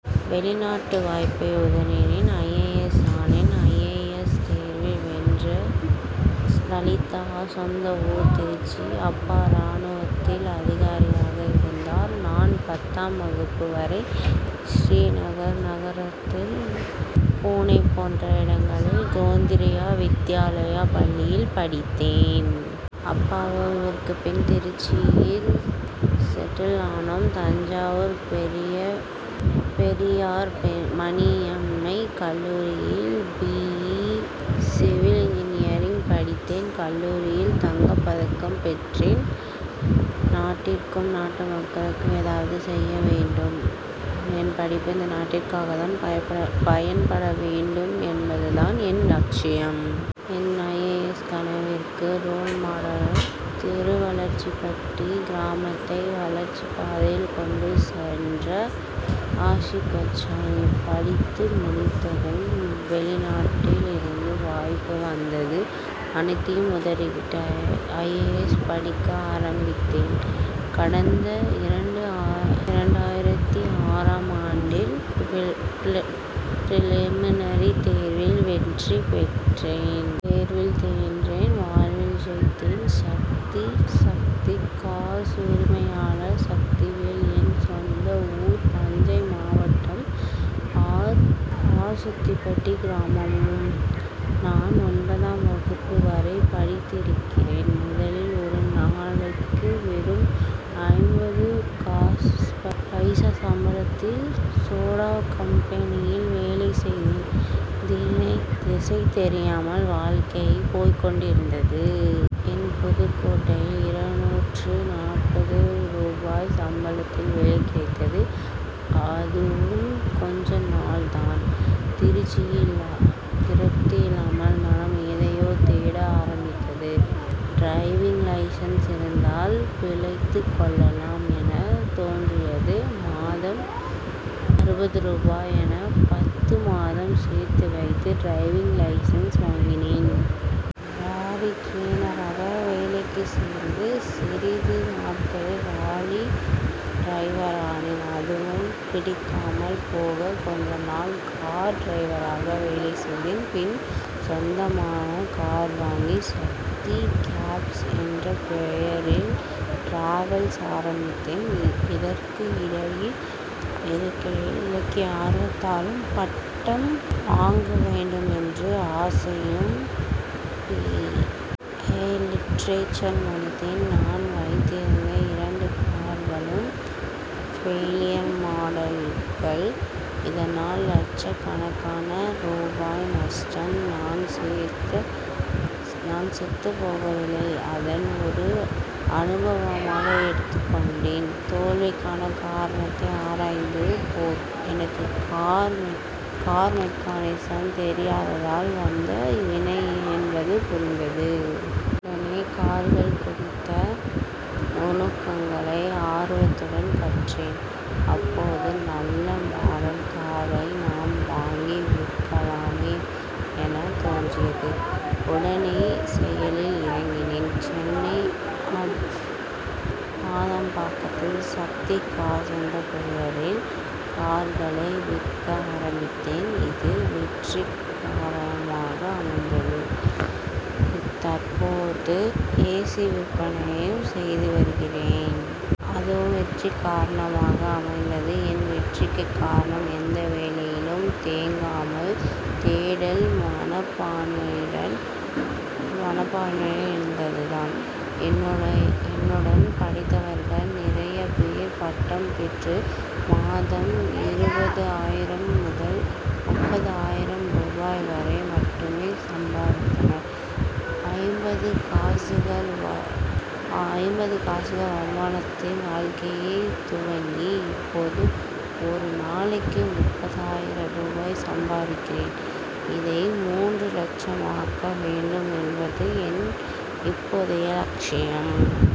வெளிநாட்டு வாய்ப்பை உதறினேன் ஐ. ஏ. எஸ். ஆனேன்! ஐ. ஏ. எஸ். தேர்வில் வென்ற லலிதா சொந்த ஊர் திருச்சி. அப்பா ராணுவத்தில் அதிகாரியாக இருந்ததால் நான் பத்தாம் வகுப்பு வரை ஸ்ரீநகர் நாகலாந்து புனே போன்ற இடங்களில் கேந்திரிய வித்யாலயா பள்ளியில் படித்தேன். அப்பா ஓய்விற்குப் பின் திருச்சியில் செட்டில் ஆனோம். தஞ்சை பெரியார் மணியம்மை கல்லூரியில் பி. இ. சிவில் இன்ஜினியரிங் படித்தேன். கல்லூரியில் தங்கப் பதக்கம் பெற்றேன். நாட்டிற்கும் நாட்டு மக்களுக்கும் ஏதாவது செய்ய வேண்டும். என் படிப்பு இந்த நாட்டிற்காகத்தான் பயன்பட வேண்டும் என்பதுதான் என் லட்சியம். என் ஐ. ஏ. எஸ். கனவிற்கு ரோல் மாடல் திருவளர்ச்சிப்பட்டி கிராமத்தை வளர்ச்சிப் பாதைக்கு கொண்டு சென்ற ஆசிஷ் வச்சானி. படித்து முடித்ததும் வெளிநாட்டில் இருந்து வாய்ப்பு வந்தது. அத்தனையும் உதறிவிட்டு ஐ. ஏ. எஸ். படிக்க ஆரம்பித்தேன். கடந்த இரண்டாயிரத்து ஆறாம் ஆண்டில் பிரிலிமினரி தேர்வில் வெற்றி பெற்றேன். தேர்வில் தோற்றேன் வாழ்வில் ஜெயித்தேன்! சக்தி கார்ஸ் உரிமையாளர் சக்திவேல் என் சொந்த ஊர் தஞ்சை மாவட்டம் ஆர். சுத்திப்பட்டு கிராமம். நான் ஒன்பதாம் வகுப்பு வரை படித்திருந்தேன். முதலில் ஒரு நாளைக்கு வெறும் ஐம்பது பைசா சம்பளத்தில் சோடா கம்பெனியில் வேலை செய்தேன். திசை தெரியாமல் வாழ்க்கை போய் கொண்டிருந்தது. பின் புதுக்கோட்டையில் இருநூற்று நாற்பது ரூபாய் சம்பளத்தில் வேலை கிடைத்தது. அதுவும் கொஞ்ச நாள் தான். திருப்தியில்லாமல் மனம் எதையோ தேட ஆரம்பித்தது. டிரைவிங் லைசென்சு இருந்தால் பிழைத்துக் கொள்ளலாம் எனத் தோன்றியது. மாதம் அறுபது ரூபாய் என பத்து மாதம் சேர்த்து வைத்து டிரைவிங் லைசென்ஸ் வாங்கினேன். லாரி கிளீனராக வேலைக்கு சேர்ந்து சிறிது நாளில் லாரி டிரைவரானேன். அதுவும் பிடிக்காமல் போக கொஞ்சம் நாள் கார் டிரைவராக வேலை செய்தேன். பின் சொந்தமா கார் வாங்கி சக்தி கேப்ஸ் என்ற பெயரில் டிராவல்ஸ் ஆரம்பித்தேன். இதற்கு இடையில் இலக்கிய ஆர்வத்தாலும் பட்டம் வாங்க வேண்டும் என்ற ஆசையாலும் பி. ஏ. லிட்ரேச்சர் முடித்தேன். நான் வைத்திருந்த இரண்டு கார்களும் பெயிலியர் மாடல்கள். இதனால் லட்சக்கணக்கான ரூபாய் நஷ்டம். நான் சோர்ந்து போகவில்லை. அதை ஒரு அனுபவமாக எடுத்துக் கொண்டேன். தோல்விக்கான காரணத்தை ஆராய்ந்த போது எனக்கு கார் மெக்கானிசம் தெரியாததால் வந்த வினை என்பது புரிந்தது. உடனே கார்கள் குறித்த நுணுக்கங்களை ஆர்வத்துடன் கற்றேன். அப்போது நல்ல மாடல் கார்களை நாமே வாங்கி விற்கலாமே எனத் தோன்றியது. உடனே செயலில் இறங்கினேன். சென்னை ஆதம்பாக்கத்தில் சக்தி கார்ஸ் என்ற பெயரில் கார்களை விற்க ஆரம்பித்தேன். இது வெற்றிகரமாக அமைந்தது. தற்போது ஏசி விற்பனையையும் செய்து வருகிறேன். அதுவும் வெற்றிகரமாக அமைந்துள்ளது. என் வெற்றிக்கு காரணம் எந்த வேலையிலும் தேங்காமல் தேடல் மனப்பான்மையுடன் இருந்ததுதான். என்னுடன் படித்தவர்களில் நிறைய பேர் பட்டம் பெற்று மாதம் இருபது ஆயிரம் முதல் முப்பது ஆயிரம் ரூபாய் வரை மட்டுமே சம்பாதிக்கின்றனர். ஐம்பது பைசா வருமானத்தில் வாழ்க்கையை துவங்கி இப்போது ஒரு நாளைக்கு முப்பது ஆயிரம் ரூபாய் சம்பாதிக்கிறேன். இதை மூன்று லட்சமாக்க வேண்டும் என்பதுதான் என் இப்போதைய லட்சியம்.